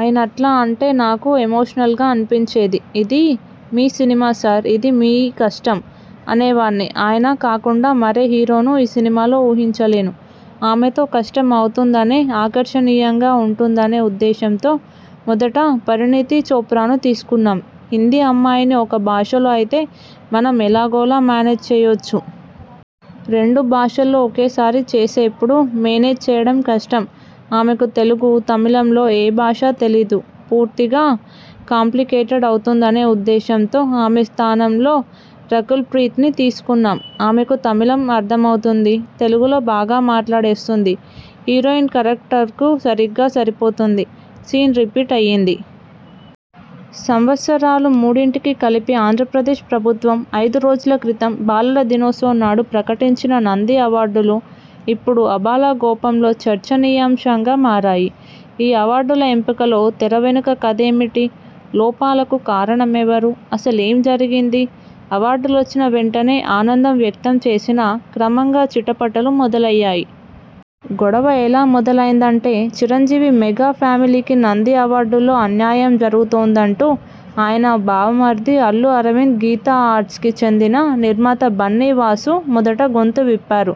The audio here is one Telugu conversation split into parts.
ఆయనట్లా అంటే నాకు ఎమోషనల్గా అనిపించేది. ''ఇది మీ సినిమా సార్. ఇది మీ కష్టం'' అనేవాడ్ని. ఆయన కాకుండా మరే హీరోనూ ఈ సినిమాలో ఊహించలేను. ఆమెతో కష్టం అవుతుందనే ఆకర్షణీయంగా ఉంటుందనే ఉద్దేశంతో మొదట పరిణీతి చోప్రాను తీసుకున్నాం. హిందీ అమ్మాయిని ఒక భాషలో అయితే మనం ఎలాగోలా మేనేజ్ చేయొచ్చు. రెండు భాషల్లో ఒకేసారి చేసేప్పుడు మేనేజ్ చేయడం కష్టం. ఆమెకు తెలుగు, తమిళంలో ఏ భాషా తెలీదు. పూర్తిగా కాంప్లికేటెడ్ అవుతుందనే ఉద్దేశంతో ఆమె స్థానంలో రకుల్ప్రీత్ని తీసకున్నాం. ఆమెకు తమిళం అర్థమవుతుంది. తెలుగులో బాగా మాట్లాడేస్తుంది. హీరోయిన్ కరక్టకు సరిగ్గా సరిపోయింది. సీన్ రిపీట్ అయ్యింది. సంవత్సరాలు మూడింటికీ కలిపి ఆంధ్రప్రదేశ్ ప్రభుత్వం అయిదు రోజుల క్రితం బాలల దినోత్సవం నాడు ప్రకటించిన నంది అవార్డులు ఇప్పుడు ఆబాలగోపాలంలో చర్చనీయాంశంగా మారాయి. ఈ అవార్డుల ఎంపికలో తెర వెనుక కథేమిటి? లోపాలకు కారణం ఎవరు? అసలేం జరిగింది? అవార్డులొచ్చిన వెంటనే ఆనందం వ్యక్తం చేసినా, క్రమంగా చిటపటలు మొదలయ్యాయి. గొడవ ఎలా మొదలైందంటే చిరంజీవి మెగా ఫ్యామిలీకి నంది అవార్డుల్లో అన్యాయం జరుగుతోందంటూ ఆయన బావమరిది అల్లు అరవింద్ గీతా ఆర్ట్స్కి చెందిన నిర్మాత బన్నీ వాసు మొదట గొంతు విప్పారు.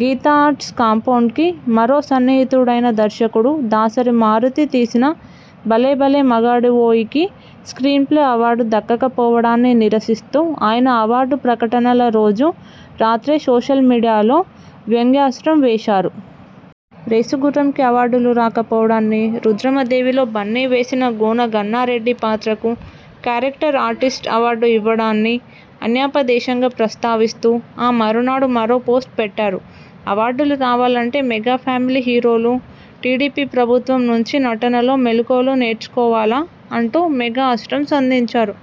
గీతా ఆర్ట్స్ కాంపౌండ్కి మరో సన్నిహితుడైన దర్శకుడు దాసరి మారుతి తీసిన 'భలే భలే మగాడివోయ్'కి స్ర్కీన్ప్లే అవార్డు దక్కకపోవడాన్ని నిరసిస్తూ, ఆయన అవార్డు ప్రకటనల రోజు రాత్రే సోషల్ మీడియాలో వ్యంగ్యాస్త్రం వేశారు. 'రేసుగుర్రం'కి అవార్డులు రాకపోవడాన్నీ, 'రుద్రమదేవి'లో బన్నీ వేసిన గోన గన్నారెడ్డి పాత్రకు క్యారెక్టర్ ఆర్టిస్ట్ అవార్డు ఇవ్వడాన్నీ అన్యాపదేశంగా ప్రస్తావిస్తూ, ఆ మరునాడు మరో పోస్ట్ పెట్టారు. 'అవార్డులు రావాలంటే మెగా ఫ్యామిలీ హీరోలు టీడీపీ ప్రభుత్వం నుంచి నటనలో మెలకువలు నేర్చుకోవా'లంటూ మెగా అస్త్రం సంధించారు.